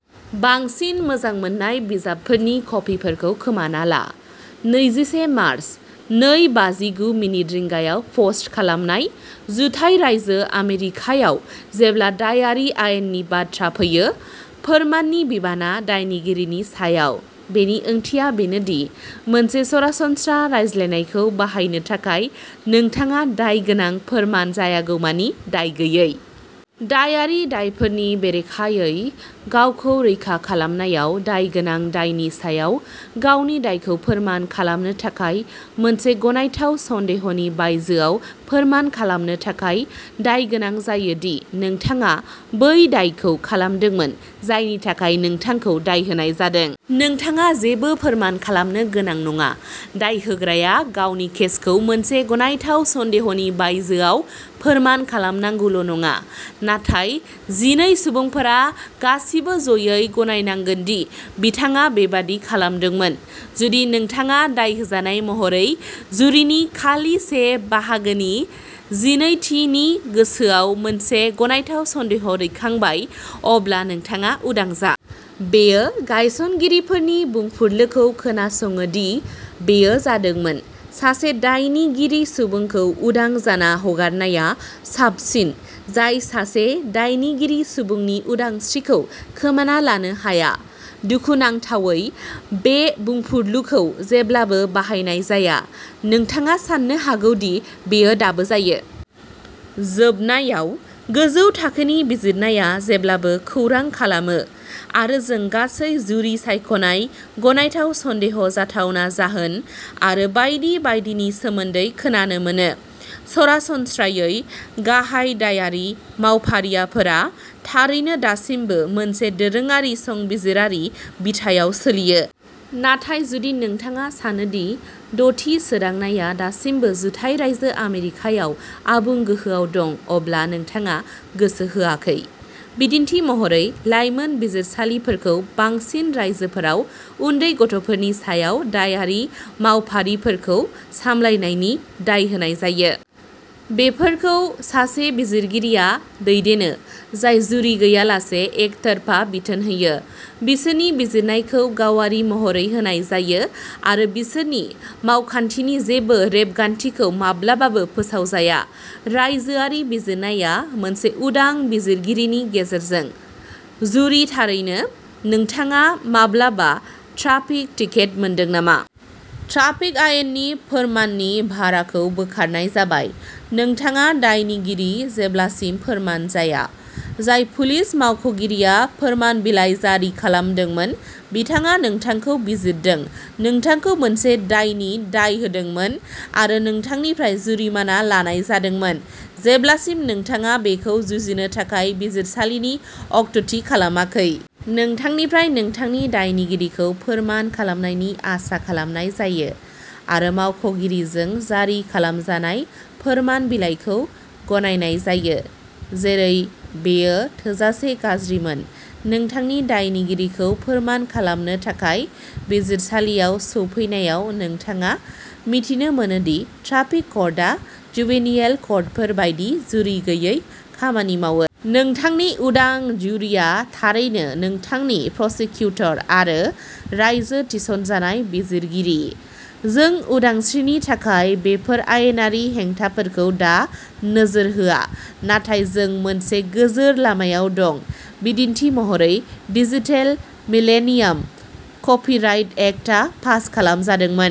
बांसिन मोजां मोनजानाय बिजाबफोरनि कपिफोरखौ खोमाना ला। नैजिसे मार्च, नै बाजि गु मिनिट रिंगायाव पस्ट खालामनाय। जुथाइ रायजो आमेरिकायाव, जेब्ला दायारि आयेननि बाथ्रा फैयो, फोरमाननि बिबाना दायगिरिनि सायाव। बेनि ओंथिया बेनोदि, मोनसे सरासनस्रा रायज्लायनायखौ बाहायनो थाखाय नोंथाङा दायगोनां फोरमान जायागौमानि दाय गैयै। दायारि दायफोरनि बेरेखायै गावखौ रैखा खालामनायाव, दायगोनां दायनि सायाव गावनि दायखौ फोरमान खालामनो थाखाय मोनसे गनायथाव सन्देहनि बायजोआव फोरमान खालामनो थाखाय दाय गोनां जायो दि नोंथाङा बै दायखौ खालामदोंमोन जायनि थाखाय नोंथांखौ दाय होनाय जादों। नोंथाङा जेबो फोरमान खालामनो गोनां नङा। दाय होग्राया गावनि केसखौ मोनसे गनायथाव सन्देहनि बायजोआव फोरमान खालामनांगौल' नङा नाथाय जिनै सुबुंफोरा गासिबो ज'यै गनायनांगोन दि बिथाङा बेबादि खालामदोंमोन। जुदि नोंथाङा दाय होजानाय महरै, जुरिनि खालि से बाहागोनि जिनै थिनि गोसोआव मोनसे गनायथाव सन्देह दैखांबाय, अब्ला नोंथाङा उदां जा। बेयो गायसनगिरिफोरनि बुंफुरलुखौ खोनासङो दि बेयो जादोंमोन। सासे दायनिगिरि सुबुंखौ उदां जाना हगारनाया साबसिन जाय सासे दायनिगिरि सुबुंनि उदांस्रिखौ खोमाना लानो हाया। दुखुनांथावै, बे बुंफुरलुखौ जेब्लाबो बाहायनाय जाया। नोंथाङा साननो हागौ दि बेयो दाबो जायो। जोबनायाव, गोजौ थाखोनि बिजिरनाया जेब्लाबो खौरां खालामो आरो जों गासै जुरि सायख'नाय गनायथाव सन्देह जाथावना जाहोन आरो बायदि बायदिनि सोमोन्दै खोनानो मोनो। सरासनस्रायै, गाहाय दायारि मावफारिफोरा थारैनो दासिमबो मोनसे दोरोङारि, संबिजिरारि बिथायाव सोलियो। नाथाय जुदि नोंथाङा सानो दि द'थि सोदांनायआ दासिमबो जुथाइ रायजो आमेरिकायाव आबुं गोहोआव दं अब्ला नोंथाङा गोसो होआखै। बिदिन्थि महरै लाइमोन बिजिरसालिफोरखौ बांसिन रायजोफोराव उन्दै गथ'फोरनि सायाव दायारि मावफारिफोरखौ सामलायनायनि दाय होनाय जायो। बेफोरखौ सासे बिजिरगिरिया दैदेनो जाय जुरि गैयालासे एकतरफा बिथोन होयो, बिसोरनि बिजिरनायखौ गावारि महरै होनाय जायो आरो बिसोरनि मावखान्थिनि जेबो रेबगान्थिखौ माब्लाबाबो फोसावजाया। रायजोआरि बिजिरनाया, मोनसे उदां बिजिरगिरिनि गेजेरजों। जुरि थारैनो, नोंथाङा माब्लाबा ट्राफिक टिकेट मोनदों नामा? ट्राफिक आयेननि फोरमाननि भाराखौ बोखारनाय जाबाय नोंथाङा दायनिगिरि जेब्लासिम फोरमान जाया। जाय पुलिस मावख'गिरिया फोरमान बिलाइ जारि खालामदोंमोन, बिथाङा नोंथांखौ बिजिरदों नोंथांखौ मोनसे दायनि दाय होदोंमोन आरो नोंथांनिफ्राय जुरिमाना लानाय जादोंमोन जेब्लासिम नोंथाङा बेखौ जुजिनो थाखाय बिजिरसालिनि अक्ट'थि खालामाखै। नोंथांनिफ्राय नोंथांनि दायनिगिरिखौ फोरमान खालामनायनि आसा खालामनाय जायो, आरो मावख'गिरिजों जारि खालामजानाय फोरमान बिलाइखौ गनायनाय जायो। जेरै बेयो थोजासे गाज्रिमोन, नोंथांनि दायनिगिरिखौ फोरमान खालामनो थाखाय बिजिरसालियाव सौफैनायाव नोंथाङा मिथिनो मोनो दि ट्राफिक कर्टआ जुवेनियेल कर्टफोर बायदि जुरि गैयै खामानि मावो। नोंथांनि उदां जुरिआ थारैनो नोंथांनि प्रसिकिउटर आरो रायजो थिसनजानाय बिजिरगिरि। जों उदांस्रिनि थाखाय बेफोर आयेनारि हेंथाफोरखौ दा नोजोर होआ नाथाय जों मोनसे गोजोर लामायाव दं। बिदिन्थि महरै डिजिटेल मिलेनियाम कपिराइट एक्ट आ पास खालामजादोंमोन।